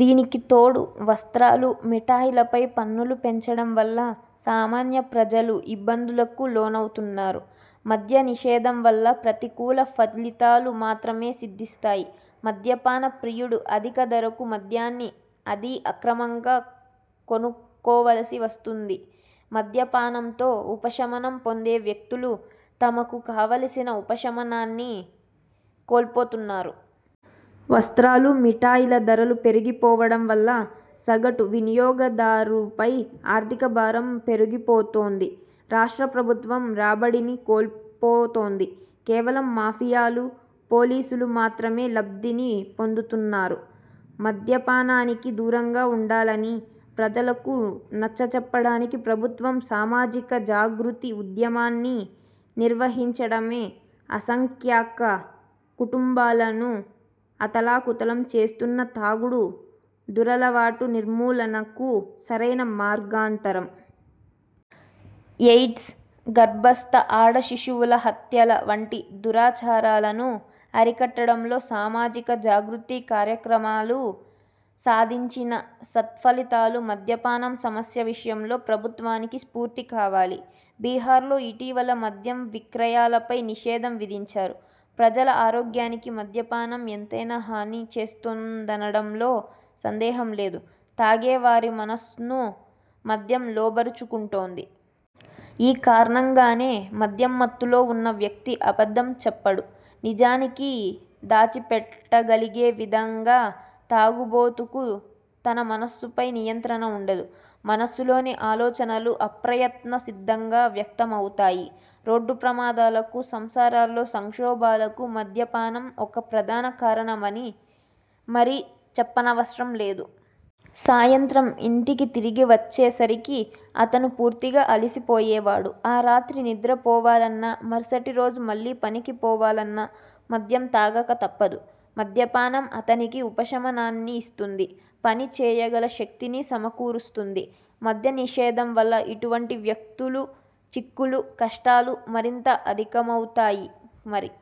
దీనికి తోడు వస్త్రాలు, మిఠాయిలపై పన్నులు పెంచడం వల్ల సామాన్య ప్రజలు ఇబ్బందులకు లోనవుతున్నారు. మద్య నిషేధం వల్ల ప్రతికూల ఫలితాలు మాత్రమే సిద్ధిస్తాయి. మద్యపాన ప్రియుడు అధిక ధరకు మద్యాన్ని, అదీ అక్రమంగా కొనుక్కోవలసి వస్తుంది. మద్య పానంతో ఉపశమనం పొందే వ్యక్తులు, తమకు కావలసిన ఉపశమనాన్ని కోల్పోతున్నారు. వస్త్రాలు, మిఠాయిల ధరలు పెరిగిపోవడం వల్ల సగటు వినియోగదారుపై ఆర్థిక భారం పెరిగిపోతోంది. రాష్ట్ర ప్రభుత్వం రాబడిని కోల్పోతోంది. కేవలం మాఫియాలు, పోలీసులు మాత్రమే లబ్ధిని పొందుతున్నారు. మద్యపానానికి దూరంగా వుండాలని ప్రజలకు నచ్చచెప్పడానికి ప్రభుత్వం సామాజిక జాగృతి ఉద్యమాన్ని నిర్వహించడమే అసంఖ్యాక కుటుంబాలను అతలాకుతలం చేస్తున్న తాగుడు దురలవాటు నిర్మూలనకు సరైన మార్గాంతరం. ఎయిడ్స్, గర్భస్థ ఆడ శిశువుల హత్యల వంటి దురాచారాలను అరికట్టడంలో సామాజిక జాగృతి కార్యక్రమాలు సాధించిన సత్ఫలితాలు మద్యపానం సమస్య విషయంలో ప్రభుత్వానికి స్ఫూర్తి కావాలి. బిహార్లో ఇటీవల మద్యం విక్రయాలపై నిషేధం విధించారు. ప్రజల ఆరోగ్యానికి మద్యపానం ఎంతైనా హానిచేస్తుందనడంలో సందేహం లేదు. తాగేవారి మనస్సును మద్యం లోబరుచుకొంటుంది. ఈ కారణంగానే మద్యం మత్తులో వున్న వ్యక్తి అబద్ధం చెప్పడు. నిజాన్ని దాచిపెట్టగలిగే విధంగా తాగుబోతుకు తన మనస్సుపై నియంత్రణ వుండదు. మనస్సులోని ఆలోచనలు అప్రయత్న సిద్ధంగా వ్యక్తమవుతాయి. రోడ్డు ప్రమాదాలకు, సంసారాలలో సంక్షోభాలకు మద్య పానం ఒక ప్రధాన కారణమని మరి చెప్పనవసరం లేదు. సాయంత్రం ఇంటికి తిరిగివచ్చే సరికి అతను పూర్తిగా అలసిపోయేవాడు. ఆ రాత్రి నిద్ర పోవాలన్నా, మరుసటి రోజు మళ్ళీ పనికి పోవాలన్నా మద్యం తాగక తప్పదు. మద్యపానం అతనికి ఉపశమనాన్ని ఇస్తుంది. పనిచేయగల శక్తినీ సమకూరుస్తుంది. మద్య నిషేధం వల్ల ఇటువంటి వ్యక్తుల చిక్కులు, కష్టాలు మరింతగా అధికమవుతాయి మరి.